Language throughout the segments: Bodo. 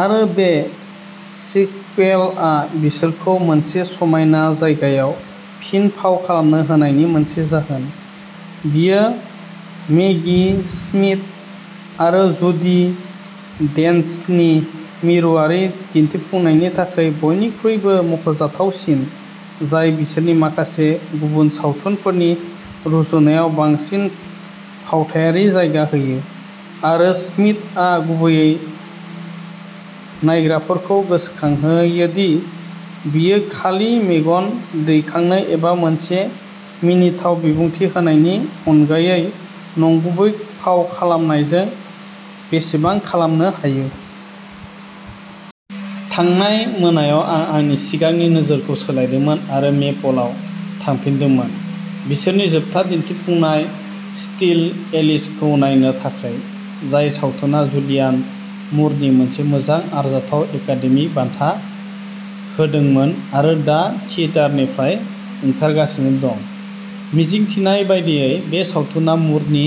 आरो बे सिक्वेलआ बिसोरखौ मोनसे समायना जायगायाव फिन फाव खालामनो होनायनि मोनसे जाहोन। बेयो मेगी स्मिथ आरो जुडी डेन्चनि मिरुआरि दिन्थिफुंनायनि थाखाय बयनिख्रुइबो मख'जाथावसिन, जाय बिसोरनि माखासे गुबुन सावथुनफोरनि रुजुनायाव बांसिन फावथायारि जायगा होयो, आरो स्मिथआ गुबैयै नायग्राफोरखौ गोसोखांहोयो दि बियो खालि मेगन दैखांनो एबा मोनसे मिनिथाव बिबुंथि होनायनि अनगायै नंगुबै फाव खालामनायजों बेसेबां खालामनो हायो। थांनाय मोनायाव आं आंनि सिगांनि नोजोरखौ सोलायदोंमोन आरो मेपलआव थांफिनदोंमोन बिसोरनि जोबथा दिन्थिफुंनाय स्टिल एलिसखौ नायनो थाखाय, जाय सावथुनआ जुलियान मुरनो मोनसे मोजां-आरजाथाव एकादेमि बान्था होदोंमोन आरो दा थियेटारनिफ्राय ओंखारगासिनो दं। मिजिंथिनाय बायदियै, बे सावथुना मुरनि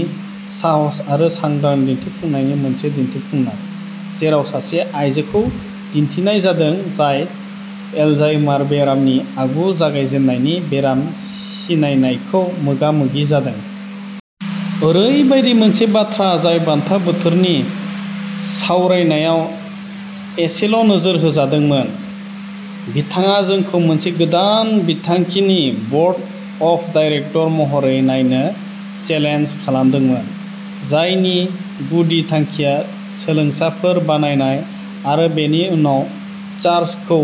साहस आरो सांग्रां दिन्थिफुंनायनि मोनसे दिन्थिफुंनाय, जेराव सासे आयजोखौ दिन्थिनाय जादों जाय एलजाइमार बेरामनि आगु जागायजेन्नायनि बेराम सिनायनायखौ मोगा-मोगि जादों। ओरैबायदि मोनसे बाथ्रा जाय बान्था बोथोरनि सावरायनायाव एसेल'नोजोर होजादोंमोन। बिथाङा जोंखौ मोनसे गोदान बिथांखिनि बर्ड अफ डाइरेकटर महरै नायनो चेलेन्ज खालामदोंमोन, जायनि गुदि थांखिया सोलोंसाफोर बानायनाय आरो बेनि उनाव चार्चखौ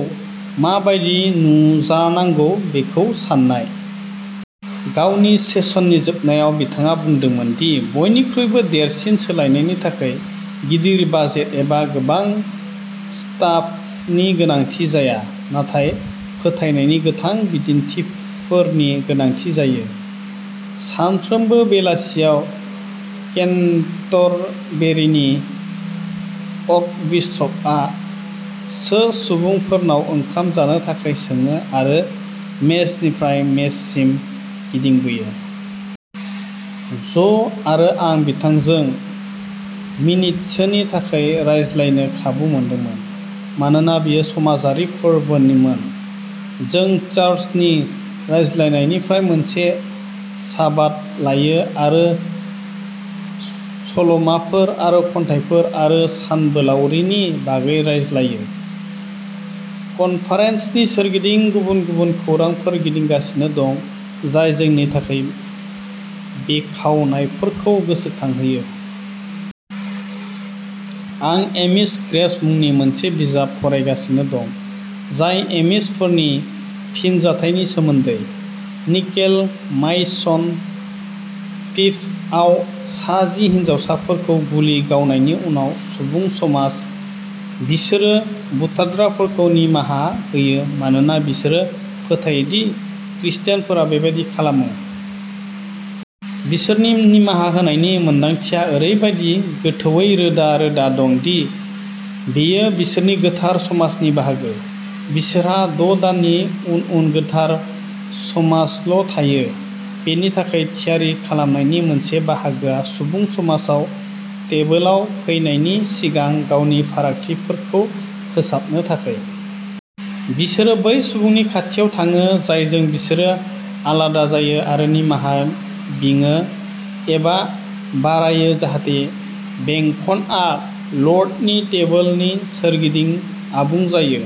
मा बायदि नुजानांगौ बेखौ सान्नाय। गावनि सेसननि जोबनायाव, बिथाङा बुंदोंमोन दि बयनिख्रुइबो देरसिन सोलायनायनि थाखाय गिदिर बाजेट एबा गोबां स्टाफनि गोनांथि जाया, नाथाय फोथायनायनि गोथां बिदिन्थिफोरनि गोनांथि जायो। सानफ्रोमबो बेलासियाव केन्टरबेरिनि आर्कबिशपआ सो सुबुंफोरनाव ओंखाम जानो थाखाय सोङो आरो मेजनिफ्राय मेजसिम गिदिंबोयो। ज'आरो आं बिथांजों मिनिटसोनि थाखाय रायज्लायनो खाबु मोनदोंमोन। मानोना बेयो समाजारि फोरबोमोन, जों चार्चनि रायज्लायनायनिफ्राय मोनसे साब्बाथ लायो आरो सल'माफोर आरो खन्थाइफोर आरो सानबोलावरिनि बागै रायज्लायो। कनफारेन्सनि सोरगिदिं गुबुन गुबुन खौरांफोर गिदिंगासिनो दं, जाय जोंनो थानाय बोखावनायफोरखौ गोसोखांहोयो। आं एमिश ग्रेस मुंनि मोनसे बिजाब फरायगासिनो दं, जाय एमिशफोरनि फिनजाथायनि सोमोन्दै। निकेल माइन्स, पिएआव सा जि हिनजावसाफोरखौ गुलि गावनायनि उनाव सुबुं समाज। बिसोरो बुथारग्राफोरखौ निमाहा होयो मानोना बिसोरो फोथायो दि खृष्टानफोरा बेबादि खालामो। बिसोरनि निमाहा होनायनि मोन्दांथिया ओरैबायदि गोथौवै रोदा-रोदा दं दि बेयो बिसोरनि गोथार समाजनि बाहागो। बिसोरहा द'दाननि उन-उन गोथार समाजल'थायो। बेनि थाखाय थियारि खालामनायनि मोनसे बाहागोआ सुबुं समाजआ टेबोलाव फैनायनि सिगां गावनि फारागथिफोरखौ फोसाबनो थाखाय। बिसोरो बै सुबुंनि खाथियाव थाङो जायजों बिसोर आलादा जायो आरो निमाहा बिङो एबा बारायो जाहाथे बेंखनआ लर्डनि टेबोलनि सोरगिदिं आबुं जायो।